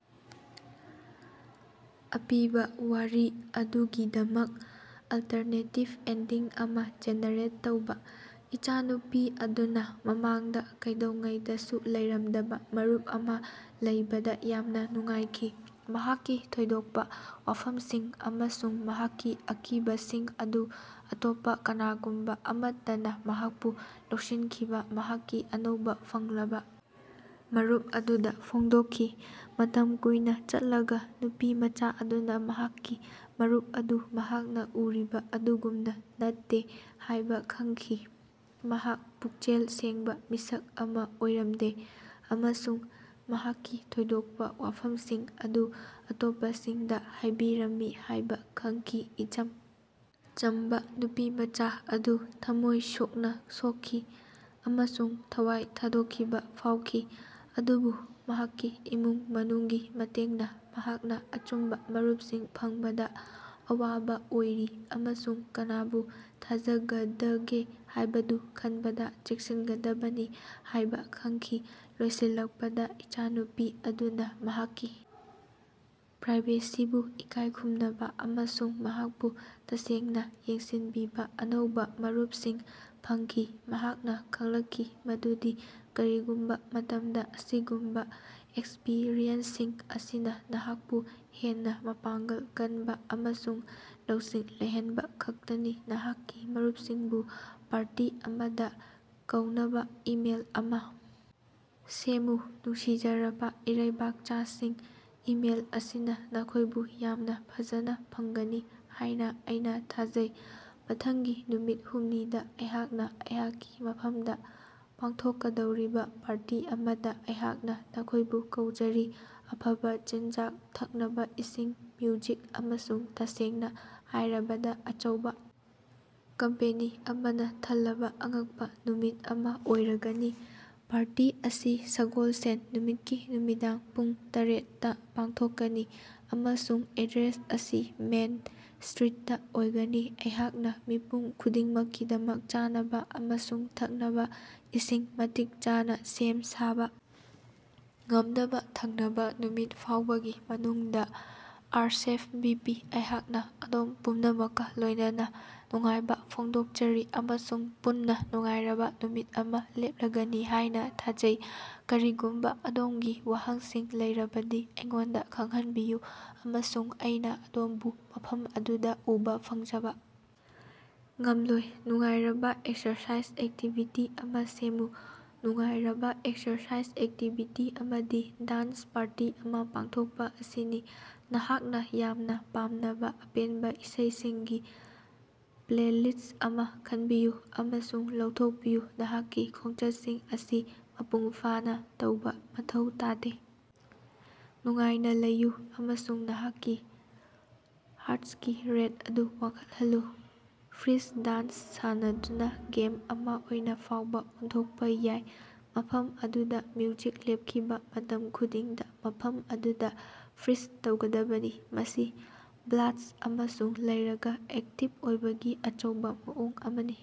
ꯑꯄꯤꯕ ꯋꯥꯔꯤ ꯑꯗꯨꯒꯤꯗꯃꯛ ꯑꯜꯇꯔꯅꯦꯇꯤꯕ ꯑꯦꯟꯗꯤꯡ ꯑꯃ ꯖꯦꯅꯦꯔꯦꯠ ꯇꯧꯕ꯫ ꯏꯆꯥꯅꯨꯄꯤ ꯑꯗꯨꯅ ꯃꯃꯥꯡꯗ ꯀꯩꯗꯧꯉꯩꯗꯁꯨ ꯂꯩꯔꯝꯗꯕ ꯃꯔꯨꯞ ꯑꯃ ꯂꯩꯕꯗ ꯌꯥꯝꯅ ꯅꯨꯡꯉꯥꯏꯈꯤ꯫ ꯃꯍꯥꯛꯀꯤ ꯊꯣꯏꯗꯣꯛꯄ ꯋꯥꯐꯝꯁꯤꯡ ꯑꯃꯁꯨꯡ ꯃꯍꯥꯛꯀꯤ ꯑꯀꯤꯕꯁꯤꯡ ꯑꯗꯨ ꯑꯇꯣꯞꯄ ꯀꯅꯥꯒꯨꯝꯕ ꯑꯃꯠꯇꯅ ꯃꯍꯥꯛꯄꯨ ꯂꯧꯁꯤꯟꯈꯤꯕ ꯃꯍꯥꯛꯀꯤ ꯑꯅꯧꯕ ꯐꯪꯂꯕ ꯃꯔꯨꯞ ꯑꯗꯨꯗ ꯐꯣꯡꯗꯣꯛꯈꯤ꯫ ꯃꯇꯝ ꯀꯨꯏꯅ ꯆꯠꯂꯒ ꯅꯨꯄꯤꯃꯆꯥ ꯑꯗꯨꯅ ꯃꯍꯥꯛꯀꯤ ꯃꯔꯨꯞ ꯑꯗꯨ ꯃꯍꯥꯛꯅ ꯎꯔꯤꯕ ꯑꯗꯨꯒꯨꯝꯅ ꯅꯠꯇꯦ ꯍꯥꯏꯕ ꯈꯪꯈꯤ꯫ ꯃꯍꯥꯛ ꯄꯨꯛꯆꯦꯜ ꯁꯦꯡꯕ ꯃꯤꯁꯛ ꯑꯃ ꯑꯣꯏꯔꯝꯗꯦ ꯑꯃꯁꯨꯡ ꯃꯍꯥꯛꯀꯤ ꯊꯣꯏꯗꯣꯛꯄ ꯋꯥꯐꯝꯁꯤꯡ ꯑꯗꯨ ꯑꯇꯣꯞꯄꯁꯤꯡꯗ ꯍꯥꯏꯕꯤꯔꯝꯃꯤ ꯍꯥꯏꯕ ꯈꯪꯈꯤ꯫ ꯏꯆꯝ ꯆꯝꯕ ꯅꯨꯄꯤꯃꯆꯥ ꯑꯗꯨ ꯊꯝꯃꯣꯏ ꯁꯣꯛꯅ ꯁꯣꯛꯈꯤ ꯑꯃꯁꯨꯡ ꯊꯋꯥꯏ ꯊꯥꯗꯣꯛꯈꯤꯕ ꯐꯥꯎꯈꯤ꯫ ꯑꯗꯨꯕꯨ, ꯃꯍꯥꯛꯀꯤ ꯏꯃꯨꯡ ꯃꯅꯨꯡꯒꯤ ꯃꯇꯦꯡꯅ ꯃꯍꯥꯛꯅ ꯑꯆꯨꯝꯕ‌ ꯃꯔꯨꯞꯁꯤꯡ ꯐꯪꯕꯗ ꯑꯋꯥꯕ ꯑꯣꯏꯔꯤ ꯑꯃꯁꯨꯡ ꯀꯅꯥꯕꯨ ꯊꯥꯖꯒꯗꯒꯦ ꯍꯥꯏꯕꯗꯨ ꯈꯟꯕꯗ ꯆꯦꯛꯁꯤꯟꯒꯗꯕꯅꯤ ꯍꯥꯏꯕ ꯈꯪꯈꯤ꯫ ꯂꯣꯏꯁꯤꯜꯂꯛꯄꯗ, ꯏꯆꯥꯅꯨꯄꯤ ꯑꯗꯨꯅ ꯃꯍꯥꯛꯀꯤ ꯄ꯭ꯔꯥꯏꯚꯦꯁꯤꯕꯨ ꯏꯀꯥꯏ ꯈꯨꯝꯅꯕ ꯑꯃꯁꯨꯡ ꯃꯍꯥꯛꯄꯨ ꯇꯁꯦꯡꯅ ꯌꯦꯡꯁꯤꯟꯕꯤꯕ ꯑꯅꯧꯕ ꯃꯔꯨꯞꯁꯤꯡ ꯐꯪꯈꯤ꯫ ꯃꯍꯥꯛꯅ ꯈꯪꯂꯛꯈꯤ ꯃꯗꯨꯗꯤ ꯀꯔꯤꯒꯨꯝꯕ ꯃꯇꯝꯗ, ꯑꯁꯤꯒꯨꯝꯕ ꯑꯦꯛꯁꯄ꯭ꯔꯤꯌꯦꯟꯁꯁꯤꯡ ꯑꯁꯤꯅ ꯅꯍꯥꯛꯄꯨ ꯍꯦꯟꯅ ꯃꯄꯥꯡꯒꯜ ꯀꯟꯕ ꯑꯃꯁꯨꯡ ꯂꯧꯁꯤꯡ ꯂꯩꯍꯟꯕ ꯈꯛꯇꯅꯤ꯫ ꯅꯍꯥꯛꯀꯤ ꯃꯔꯨꯞꯁꯤꯡꯕꯨ ꯄꯥꯔꯇꯤ ꯑꯃꯗ‌ ꯀꯧꯅꯕ ꯏꯃꯦꯜ ꯑꯃ ꯁꯦꯝꯃꯨ꯫ ꯅꯨꯡꯁꯤꯖꯔꯕꯥ ꯏꯔꯩꯕꯥꯛꯆꯥꯁꯤꯡ, ꯏꯃꯦꯜ ꯑꯁꯤꯅ ꯅꯈꯣꯏꯕꯨ ꯌꯥꯝꯅ ꯐꯖꯅ ꯐꯪꯒꯅꯤ ꯍꯥꯏꯅ ꯑꯩꯅ ꯊꯥꯖꯩ꯫ ꯃꯊꯪꯒꯤ ꯅꯨꯃꯤꯠ ꯍꯨꯝꯅꯤꯗ ꯑꯩꯍꯥꯛꯅ ꯑꯩꯍꯥꯛꯀꯤ ꯃꯐꯝꯗ ꯄꯥꯡꯊꯣꯛꯀꯗꯧꯔꯤꯕ ꯄꯥꯔꯇꯤ ꯑꯃꯗ ꯑꯩꯍꯥꯛꯅ ꯅꯈꯣꯏꯕꯨ ꯀꯧꯖꯔꯤ꯫ ꯑꯐꯕ‌ ꯆꯤꯟꯖꯥꯛ, ꯊꯛꯅꯕꯥ ꯏꯁꯤꯡ, ꯃ꯭ꯌꯨꯖꯤꯛ, ꯑꯃꯁꯨꯡ ꯇꯁꯦꯡꯅ ꯍꯥꯏꯔꯕꯗ ꯑꯆꯧꯕ ꯀꯝꯄꯦꯅꯤ ꯑꯃꯅ ꯊꯜꯂꯕ ꯑꯉꯛꯄ ꯅꯨꯃꯤꯠ ꯑꯃ ꯑꯣꯏꯔꯒꯅꯤ꯫ ꯄꯥꯔꯇꯤ ꯑꯁꯤ ꯁꯒꯣꯜꯁꯦꯟ ꯅꯨꯃꯤꯠꯀꯤ ꯅꯨꯃꯤꯗꯥꯡ ꯄꯨꯡ ꯇꯔꯦꯠ ꯇꯥ ꯄꯥꯡꯊꯣꯛꯀꯅꯤ, ꯑꯃꯁꯨꯡ ꯑꯦꯗ꯭ꯔꯦꯁ ꯑꯁꯤ ꯃꯦꯟ ꯁ꯭ꯇꯔꯤꯠꯇꯥ ꯑꯣꯏꯒꯅꯤ꯫ ꯑꯩꯍꯥꯛꯅ ꯃꯤꯄꯨꯝ ꯈꯨꯗꯤꯡꯃꯛꯀꯤꯗꯃꯛ ꯆꯥꯅꯕ ꯑꯃꯁꯨꯡ ꯊꯛꯅꯕ ꯏꯁꯤꯡ ꯃꯇꯤꯛ ꯆꯥꯅ ꯁꯦꯝ ꯁꯥꯕ ꯉꯝꯅꯕ ꯊꯪꯅꯕ ꯅꯨꯃꯤꯠ ꯐꯥꯎꯕꯒꯤ ꯃꯅꯨꯡꯗ ,ꯑꯥꯔꯑꯦꯁꯚꯤꯄꯤ ꯑꯩꯍꯥꯛꯅ ꯑꯗꯣꯝ ꯄꯨꯝꯅꯃꯛꯀ ꯂꯣꯏꯅꯅ ꯅꯨꯡꯉꯥꯏꯕ ꯐꯣꯡꯗꯣꯛꯆꯔꯤ ꯑꯃꯁꯨꯡ ꯄꯨꯟꯅ ꯅꯨꯡꯉꯥꯏꯔꯕ ꯅꯨꯃꯤꯠ ꯑꯃ ꯂꯦꯞꯂꯒꯅꯤ ꯍꯥꯏꯅ ꯊꯥꯖꯩ꯫ ꯀꯔꯤꯒꯨꯝꯕ ꯑꯗꯣꯝꯒꯤ ꯋꯥꯍꯪꯁꯤꯡ ꯂꯩꯔꯕꯗꯤ ꯑꯩꯉꯣꯟꯗ ꯈꯪꯍꯟꯕꯤꯌꯨ, ꯑꯃꯁꯨꯡ ꯑꯩꯅ ꯑꯗꯣꯝꯕꯨ ꯃꯐꯝ ꯑꯗꯨꯗ ꯎꯕ ꯐꯪꯖꯕ ꯉꯝꯂꯣꯏ꯫ ꯅꯨꯡꯉꯥꯏꯔꯕ ꯑꯦꯛꯁꯔꯁꯥꯏꯖ ꯑꯦꯛꯇꯤꯚꯤꯇꯤ ꯑꯃ ꯁꯦꯝꯃꯨ꯫ ꯅꯨꯡꯉꯥꯏꯔꯕ ꯑꯦꯛꯁꯔꯁꯥꯏꯖ ꯑꯦꯛꯇꯤꯕꯤꯇꯤ ꯑꯃꯗꯤ ꯗꯥꯟꯁ ꯄꯥꯔꯇꯤ ꯑꯃ ꯄꯥꯡꯊꯣꯛꯄ ꯑꯁꯤꯅꯤ꯫ ꯅꯍꯥꯛꯅ ꯌꯥꯝꯅ ꯄꯥꯝꯅꯕ ꯑꯄꯦꯟꯕ ꯏꯁꯩꯁꯤꯡꯒꯤ ꯄ꯭ꯂꯦꯂꯤꯁ꯭ꯠ ꯑꯃ ꯈꯟꯕꯤꯌꯨ ꯑꯃꯁꯨꯡ ꯂꯧꯊꯣꯛꯄꯤꯌꯨ꯫ ꯅꯥꯠꯀꯤ ꯈꯣꯡꯆꯠꯁꯤꯡ ꯑꯁꯤ ꯃꯄꯨꯡ ꯐꯥꯅ ꯇꯧꯕ ꯃꯊꯧ ꯇꯥꯗꯦ, ꯅꯨꯡꯉꯥꯏꯅ ꯂꯩꯌꯨ ꯑꯃꯁꯨꯡ ꯅꯍꯥꯛꯀꯤ ꯍꯥꯔ꯭ꯠꯀꯤ ꯔꯦꯠ ꯑꯗꯨ ꯋꯥꯡꯈꯠꯍꯜꯂꯨ꯫ ꯐ꯭ꯔꯤꯖ ꯗꯥꯟꯁ ꯁꯥꯟꯅꯗꯨꯅ ꯒꯦꯝ ꯑꯃ ꯑꯣꯏꯅ ꯐꯥꯎꯕ ꯑꯣꯟꯊꯣꯛꯄ ꯌꯥꯏ, ꯃꯐꯝ ꯑꯗꯨꯗ ꯃ꯭ꯌꯨꯖꯤꯛ ꯂꯦꯞꯈꯤꯕ ꯃꯇꯝ ꯈꯨꯗꯤꯡꯗ ꯃꯐꯝ ꯑꯗꯨꯗ ꯐ꯭ꯔꯤꯖ ꯇꯧꯒꯗꯕꯅꯤ꯫ ꯃꯁꯤ ꯕ꯭ꯂꯥꯁ꯭ꯠ ꯑꯃꯁꯨ ꯂꯩꯔꯒ ꯑꯦꯛꯇꯤꯕ ꯑꯣꯏꯕꯒꯤ ꯑꯆꯧꯕ ꯃꯑꯣꯡ ꯑꯃꯅꯤ꯫